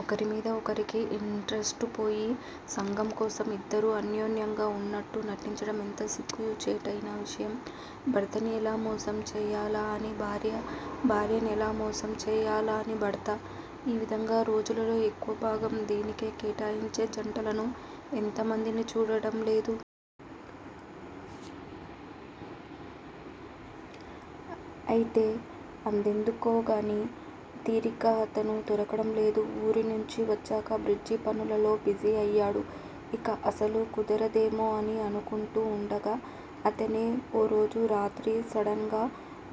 ఒకరి మీద ఒకరికి ఇంట్రెస్టుపోయి సంఘం కోసం యిద్దరూ అన్యోన్యంగా వున్నట్టూ నటించడం ఎంత సిగ్గుచేటయిన విషయం? భర్తని ఎలా మోసం చేయాలా అని భార్య. భార్యని ఎలా మోసం చేయాలా అని భర్త ఈ విధంగా రోజులో ఎక్కువ భాగం దీనికే కేటాయించే జంటలను ఎంత మందిని చూడటంలేదు? అయితే ఆదెందుకోగాని, తీరిగ్గా అతను దొరకడం లేదు. ఊరినుంచి వచ్చాక బ్రిడ్జి పనులలో బిజీ అయ్యాడు. ఇక అసలు కుదురదేమో అని అనుకుంటూ వుండగా అతనే ఓరోజు రాత్రి సడన్ గా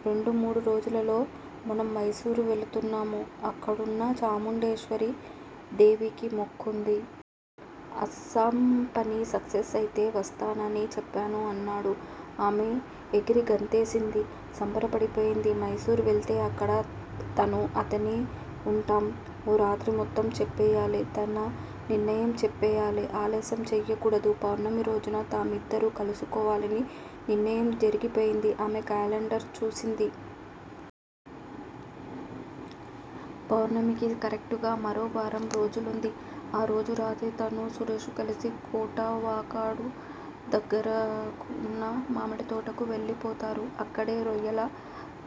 రెండు మూడు రోజుల్లో మనం మైసూర్ వెళుతున్నాం. అక్కడున్న చాముండేశ్వరి దేవికి మొక్కుంది. అస్సాం పని సక్కెస్ అయితే వస్తానని చెప్పాను అన్నాడు. అమె ఎగిరిగంతేసినంత సంబరపడిపోయింది. మైసూర్ వెళితే అక్కడ తను, అతనే వుంటాం. ఓ రాత్రి మొత్తం చెప్పేయాలి. తన నిర్ణయము చెప్పేయాలి. అలస్యం చేయకూడదు. పౌర్ణమి రోజున తామిద్దరూ కలుసుకోవాలని నిర్ణయం జరిగిపోయింది. అమె క్యాలండర్ చూసింది. పౌర్ణమికి కరెక్టుగా మరో వారం రోజులుంది. ఆ రోజు రాత్రి తనూ, సురేషూ కలిసి కోటావాకాడు దగ్గరున్న మామిడితోటకు వెళ్ళిపోతారు. అక్కడే రొయ్యల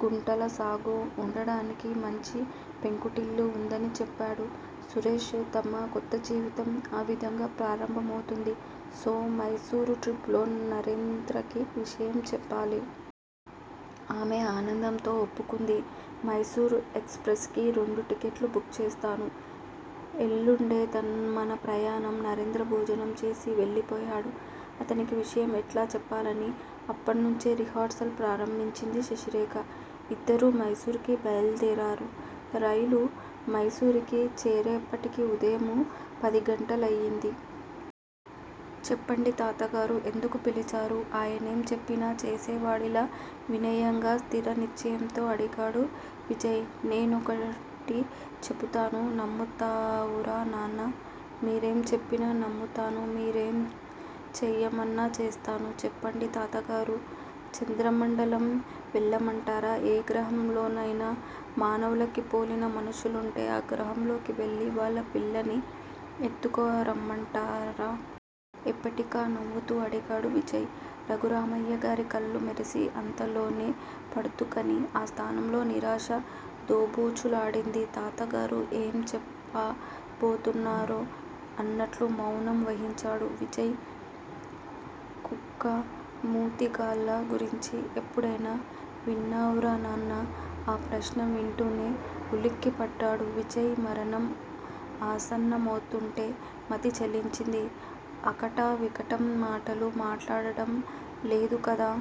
గుంటల సాగు. వుండడానికి మంచి పెంకుటిల్లు వుందని చెప్పాడు సురేష్. తమ కొత్త జీవితం ఆ విధంగా ప్రారంభమవుతుంది. సో-మైసూర్ ట్రిప్ లో నరేంద్రకి విషయం చెప్పాలి. అమె ఆనందంతో ఒప్పుకుంది. మైసూర్ ఎక్స్ ప్రెస్ కి రెండు టికెట్లు బుక్ చేస్తాను. ఎల్లుండే మన ప్రయాణం. నరేంద్ర భోజనం చేసి వెళ్ళిపోయాడు. అతనికి విషయం ఎట్లా చెప్పాలని అప్పట్నుంచే రిహార్సల్స్ ప్రారంబించింది శశిరేఖ. ఇద్దరూ మైసూర్ కి బయలుదేరారు. రైలు మైసూరుకి చేరేటప్పటికి ఉదయం పదిగంటలయింది. చెప్పండి తాతగారూ ఎందుకు పిలిచారు.? ఆయనేం చెప్పినా చేసేవాడిలా వినయంగా స్థిర నిశ్చయంతో అడిగాడు విజయ్. నేనొకటి చెపుతాను నమ్ముతావురా నాన్నా! మీరేంచెప్పినా నమ్ముతాను మీరేం చేయమన్నా చేస్తాను. చెప్పండి తాతగారూ! చంద్రమండలం వెళ్ళమంటారా! ఏగ్రహం లోనయినా మానవులకి పోలిన మనుషులంటే ఆ గ్రహంలోకి వెళ్ళి వాళ్ళపిల్లని ఎత్తుకు రమ్మంటారా? ఎప్పటికా నవ్వుతూ అడిగాడు విజయ్. రఘురామయ్యగారి కళ్ళు మెరిసి అంతలోనే పర్దుకని ఆ స్థానంలో నిరాశ దోబూచులాడింది. తాతగారు ఎం చెప్పాబోతున్నారో అన్నట్లు మౌనం వహించాడు విజయ్. కుక్క మూతిగాళ్ళ గురించి ఎప్పుడైయిన విన్నావురానాన్నా! ఆ ప్రశ్న వింటూనే వులుక్కి పడ్డాడు విజయ్ మరణం ఆసన్న మౌతుంటే మతి చెలించి అకటా వికటం మాటలు మాట్లాడటం లేదుకదా!